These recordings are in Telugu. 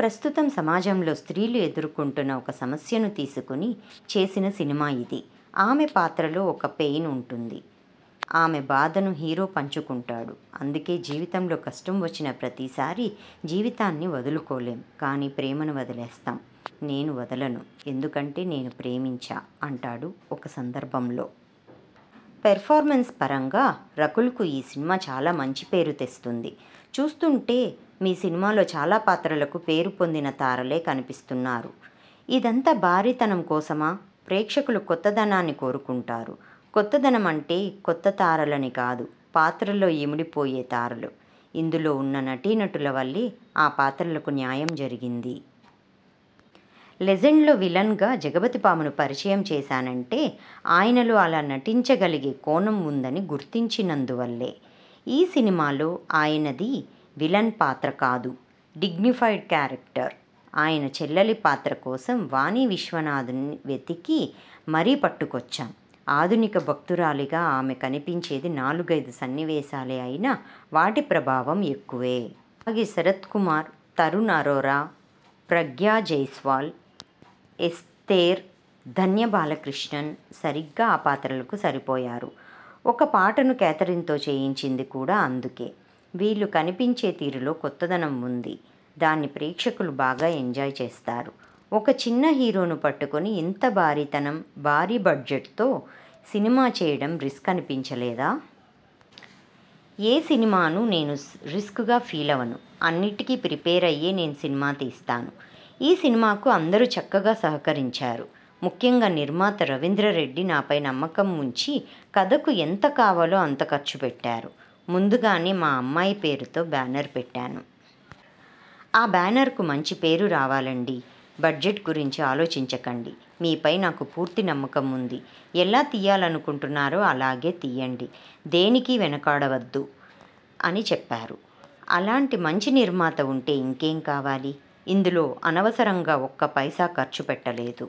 ప్రస్తుతం సమాజంలో స్త్రీలు ఎదుర్కొంటున్న ఒక సమస్యను తీసుకొని చేసిన సినిమా ఇది. ఆమె పాత్రలో ఒక పెయిన్ ఉంటుంది. ఆమె బాధను హీరో పంచుకుంటాడు. అందుకే ''జీవితంలో కష్టం వచ్చిన ప్రతిసారీ జీవితాన్ని వదులుకోలేం. కానీ ప్రేమను వదిలేస్తాం. నేను వదలను. ఎందుకంటే నేను ప్రేమించా'' అంటాడు ఒక సందర్భంలో. పెర్ఫార్మెన్స్ పరంగా రకుల్కు ఈ సినిమా చాలా మంచి పేరు తెస్తుంది. చూస్తుంటే మీ సినిమాలో చాలా పాత్రలకు పేరుపొందిన తారలే కనిపిస్తున్నారు. ఇదంతా భారీతనం కోసమేనా? ప్రేక్షకులు కొత్తదనాన్ని కోరుకుంటారు. కొత్తదనమంటే కొత్తతారలని కాదు. పాత్రల్లో ఇమిడిపోయే తారలు. ఇందులో ఉన్న నటీనటుల వల్లే ఆ పాత్రలకు న్యాయం జరిగింది. 'లెజెండ్'లో విలన్గా జగపతిబాబును పరిచయం చేశానంటే ఆయనలో అలా నటించగలిగే కోణం ఉందని గుర్తించినందు వల్లే. ఈ సినిమాలో ఆయనది విలన్ పాత్ర కాదు. Dignified character. ఆయన చెల్లెలి పాత్ర కోసం వాణీ విశ్వనాథ్ను వెతికి మరీ పట్టుకొచ్చాం. ఆధునిక భక్తురాలిగా ఆమె కనిపించేది నాలుగైదు సన్నివేశాలే అయినా, వాటి ప్రభావం ఎక్కువే. అలాగే శరత్కుమార్, తరుణ్ అరోరా, ప్రగ్యా జైస్వాల్, ఎస్తేర్, ధన్య బాలకృష్ణన్ సరిగ్గా ఆ పాత్రలకు సరిపోయారు. ఒక పాటను కేథరిన్తో చేయించింది కూడా అందుకే. వీళ్లు కనిపించే తీరులో కొత్తదనం ఉంది. దాన్ని ప్రేక్షకులు బాగా ఎంజాయ్ చేస్తారు. ఒక చిన్న హీరోను పెట్టుకొని ఇంత భారీతనం, భారీ బడ్జెట్తో సినిమా చేయడం రిస్క్ అనిపించలేదా? ఏ సినిమానూ నేను రిస్క్గా ఫీలవను. అన్నింటికీ ప్రిపేర్ అయ్యే నేను సినిమా తీస్తాను. ఈ సినిమాకు అందరూ చక్కగా సహకరించారు. ముఖ్యంగా నిర్మాత రవీందర్రెడ్డి నాపై నమ్మకం ఉంచి కథకు ఎంత కావాలో అంత ఖర్చు పెట్టారు. ముందుగానే 'మా అమ్మాయి పేరుతో బ్యానర్ పెట్టాను. ఆ బ్యానర్కు మంచి పేరు రావాలండీ. బడ్జెట్ గురించి ఆలోచించకండి. మీపై నాకు పూర్తి నమ్మకం ఉంది. ఎలా తీయాలనుకుంటున్నారో అలాగే తీయండి. దేనికీ వెనుకాడవద్దు' అని చెప్పారు. అలాంటి మంచి నిర్మాత ఉంటే ఇంకేం కావాలి! ఇందులో అనవసరంగా ఒక్క పైసా ఖర్చు పెట్టలేదు.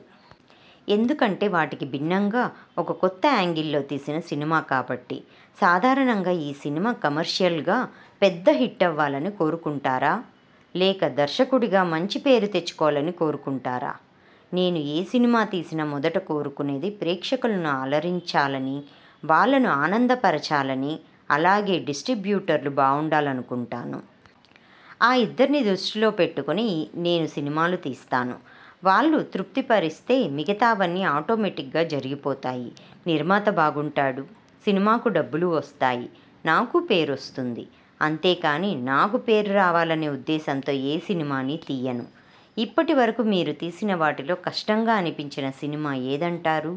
ఎందుకంటే వాటికి భిన్నంగా ఒక కొత్త యాంగిల్లో తీసిన సినిమా కాబట్టి. సాధారణంగా మీ సినిమా కమర్షియల్గా పెద్ద హిట్టవ్వాలని కోరుకుంటారా? లేక దర్శకుడిగా మంచి పేరు తెచ్చుకోవాలని కోరుకుంటారా? నేను ఏ సినిమా తీసినా మొదట కోరుకునేది ప్రేక్షకులను అలరించాలనీ, వాళ్లను ఆనందపరచాలనీ. అలాగే డిస్ట్రిబ్యూటర్లు బావుండాలనుకుంటాను. ఆ ఇద్దర్నీ దృష్టిలో పెట్టుకొనే నేను సినిమాలు తీస్తాను. వాళ్లను తృప్తిపరిస్తే మిగతావన్నీ ఆటోమేటిగ్గా జరిగిపోతాయి. నిర్మాత బాగుంటాడు, సినిమాకు డబ్బులు వస్తాయి, నాకూ పేరొస్తుంది. అంతేకానీ, నాకు పేరు రావాలనే ఉద్దేశంతో ఏ సినిమానీ తీయను. ఇప్పటివరకూ మీరు తీసిన వాటిలో కష్టంగా అనిపించిన సినిమా ఏదంటారు?